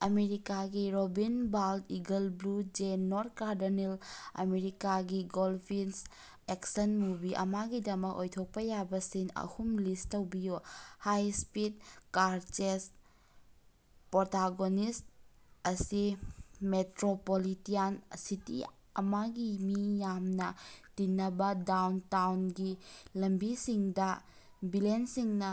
ꯑꯃꯦꯔꯤꯀꯥꯒꯤ robin bald eagle blue jay north cardinal ꯑꯃꯦꯔꯤꯀꯥꯒꯤ goldfinch action movie ꯑꯃꯒꯤꯗꯃꯛ ꯑꯣꯏꯊꯣꯛꯄ ꯌꯥꯕ ꯁꯤꯟ ꯑꯍꯨꯝ ꯂꯤꯁꯠ ꯇꯧꯕꯤꯌꯨ꯫ ꯍꯥꯏ-ꯁ꯭ꯄꯤꯗ ꯀꯥꯔ ꯆꯦꯖ: ꯄ꯭ꯔꯣꯇꯥꯒꯣꯅꯤꯁꯠ ꯑꯁꯤ ꯃꯦꯇ꯭ꯔꯣꯄꯣꯂꯤꯇꯦꯟ ꯁꯤꯇꯤ ꯑꯃꯒꯤ ꯃꯤ ꯌꯥꯝꯅ ꯇꯤꯟꯅꯕ ꯗꯥꯎꯟꯇꯥꯎꯟꯒꯤ ꯂꯝꯕꯤꯁꯤꯡꯗ ꯚꯤꯂꯦꯟꯁꯤꯡꯅ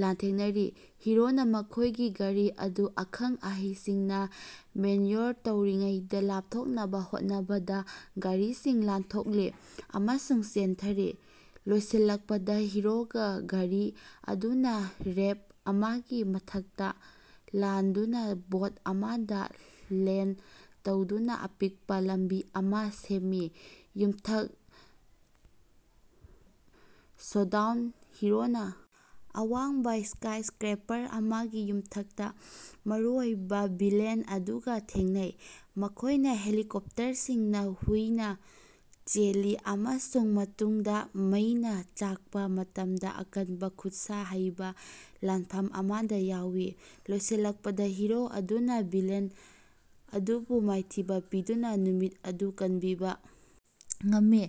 ꯂꯥꯟꯊꯦꯡꯅꯔꯤ꯫ ꯍꯤꯔꯣꯅ ꯃꯈꯣꯏꯒꯤ ꯒꯥꯔꯤ ꯑꯗꯨ ꯑꯈꯪ-ꯑꯍꯩꯁꯤꯡꯅ ꯃꯦꯅ꯭ꯌꯨꯑꯣꯔ ꯇꯧꯔꯤꯉꯩꯗ ꯂꯥꯞꯊꯣꯛꯅꯕ ꯍꯣꯠꯅꯕꯗ ꯒꯥꯔꯤꯁꯤꯡ ꯂꯥꯟꯊꯣꯛꯂꯤ ꯑꯃꯁꯨꯡ ꯆꯦꯟꯊꯔꯤ꯫ ꯂꯣꯏꯁꯤꯜꯂꯛꯄꯗ ꯍꯤꯔꯣꯒꯤ ꯒꯥꯔꯤ ꯑꯗꯨꯅ ꯔꯦꯝꯄ ꯑꯃꯒꯤ ꯃꯊꯛꯇ ꯂꯥꯟꯗꯨꯅ ꯕꯣꯠ ꯑꯃꯗ ꯂꯦꯟꯗ ꯇꯧꯗꯨꯅ ꯑꯄꯤꯛꯄ ꯂꯝꯕꯤ ꯑꯃ ꯁꯦꯝꯃꯤ꯫ ꯌꯨꯝꯊꯛ ꯁꯣꯗꯥꯎꯟ: ꯍꯤꯔꯣꯅ ꯑꯋꯥꯡꯕ ꯁ꯭ꯀꯥꯏꯁ꯭ꯀꯔꯦꯄꯔ ꯑꯃꯒꯤ ꯌꯨꯝꯊꯛꯇ ꯃꯔꯨꯑꯣꯏꯕ ꯚꯤꯂꯦꯟ ꯑꯗꯨꯒ ꯊꯦꯡꯅꯩ꯫ ꯃꯈꯣꯏꯅ ꯍꯦꯂꯤꯀꯣꯞꯇꯔꯁꯤꯡꯅ ꯍꯨꯏꯅ ꯆꯦꯜꯂꯤ ꯑꯃꯁꯨꯡ ꯃꯇꯨꯡꯗ ꯃꯩꯅ ꯆꯥꯛꯄ ꯃꯇꯝꯗ ꯑꯀꯟꯕ ꯈꯨꯠꯁꯥ ꯍꯩꯕ ꯂꯥꯟꯐꯝ ꯑꯃꯗ ꯌꯥꯎꯏ꯫ ꯂꯣꯏꯁꯤꯜꯂꯛꯄꯗ ꯍꯤꯔꯣ ꯑꯗꯨꯅ ꯚꯤꯂꯦꯟ ꯑꯗꯨꯕꯨ ꯃꯥꯏꯊꯤꯕ ꯄꯤꯗꯨꯅ ꯅꯨꯃꯤꯠ ꯑꯗꯨ ꯀꯟꯕꯤꯕ ꯉꯝꯃꯤ꯫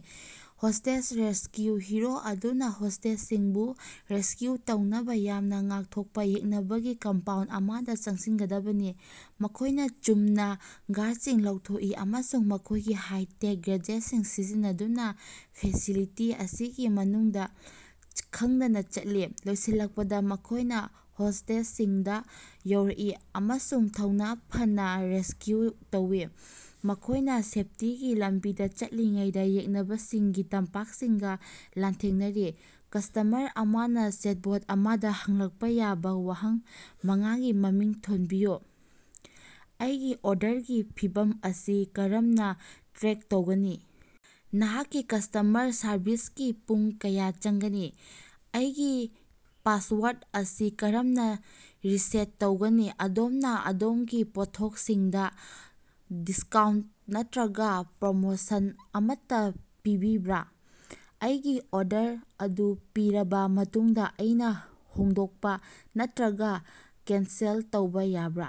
ꯍꯣꯁ꯭ꯇꯦꯖ ꯔꯦꯁꯀ꯭ꯌꯨ: ꯍꯤꯔꯣ ꯑꯗꯨꯅ ꯍꯣꯁ꯭ꯇꯦꯖꯁꯤꯡꯕꯨ ꯔꯦꯁꯀ꯭ꯌꯨ ꯇꯧꯅꯕ ꯌꯥꯝꯅ ꯉꯥꯛꯊꯣꯛꯄ ꯌꯦꯛꯅꯕꯒꯤ ꯀꯝꯄꯥꯎꯟꯗ ꯑꯃꯗ ꯆꯪꯁꯤꯟꯒꯗꯕꯅꯤ꯫ ꯃꯈꯣꯏꯅ ꯆꯨꯝꯅ ꯒꯥꯔꯗꯁꯤꯡ ꯂꯧꯊꯣꯛꯏ ꯑꯃꯁꯨꯡ ꯃꯈꯣꯏꯒꯤ ꯍꯥꯏ-ꯇꯦꯛ ꯒꯦꯗꯖꯦꯠꯁꯤꯡ ꯁꯤꯖꯤꯟꯅꯗꯨꯅ ꯐꯦꯁꯤꯂꯤꯇꯤ ꯑꯁꯤꯒꯤ ꯃꯅꯨꯡꯗ ꯈꯪꯗꯅ ꯆꯠꯂꯤ꯫ ꯂꯣꯏꯁꯤꯜꯂꯛꯄꯗ, ꯃꯈꯣꯏꯅ ꯍꯣꯁ꯭ꯇꯦꯖꯁꯤꯡꯗ ꯌꯧꯔꯛꯏ ꯑꯃꯁꯨꯡ ꯊꯧꯅꯥ ꯐꯅ ꯔꯦꯁꯀ꯭ꯌꯨ ꯇꯧꯋꯤ꯫ ꯃꯈꯣꯏꯅ ꯁꯦꯐꯇꯤꯒꯤ ꯂꯝꯕꯤꯗ ꯆꯠꯂꯤꯉꯩꯗ ꯌꯦꯛꯅꯕꯁꯤꯡꯒꯤ ꯇꯝꯄꯥꯛꯁꯤꯡꯒ ꯂꯥꯟꯊꯦꯡꯅꯔꯤ꯫ ꯀꯁ꯭ꯇꯃꯔ ꯑꯃꯅ ꯆꯦꯠꯕꯣꯠ ꯑꯃꯗ ꯍꯪꯂꯛꯄ ꯌꯥꯕ ꯋꯥꯍꯪ ꯃꯉꯥꯒꯤ ꯃꯃꯤꯡ ꯊꯣꯟꯕꯤꯌꯨ꯫ ꯑꯩꯒꯤ ꯑꯣꯔꯗꯔꯒꯤ ꯐꯤꯚꯝ ꯑꯁꯤ ꯀꯔꯝꯅ ꯇ꯭ꯔꯦꯛ ꯇꯧꯒꯅꯤ? ꯅꯍꯥꯛꯀꯤ ꯀꯁ꯭ꯇꯃꯔ ꯁꯔꯚꯤꯁꯀꯤ ꯄꯨꯡ ꯀꯌꯥ ꯆꯪꯒꯅꯤ? ꯑꯩꯒꯤ ꯄꯥꯁꯋꯥꯔꯗ ꯑꯁꯤ ꯀꯔꯝꯅ ꯔꯤꯁꯦꯠ ꯇꯧꯒꯅꯤ? ꯑꯗꯣꯝꯅ ꯑꯗꯣꯝꯒꯤ ꯄꯣꯠꯊꯣꯛꯁꯤꯡꯗ ꯗꯤꯁꯀꯥꯎꯟꯇ ꯅꯠꯇ꯭ꯔꯒ ꯄ꯭ꯔꯣꯃꯣꯁꯟ ꯑꯃꯠꯇ ꯄꯤꯔꯤꯕ꯭ꯔꯥ? ꯑꯩꯒꯤ ꯑꯣꯔꯗꯔ ꯑꯗꯨ ꯄꯤꯔꯕ ꯃꯇꯨꯡꯗ ꯑꯩꯅ ꯍꯣꯡꯗꯣꯛꯄ ꯅꯠꯇ꯭ꯔꯒ ꯀꯦꯟꯁꯦꯜ ꯇꯧꯕ ꯌꯥꯕ꯭ꯔꯥ?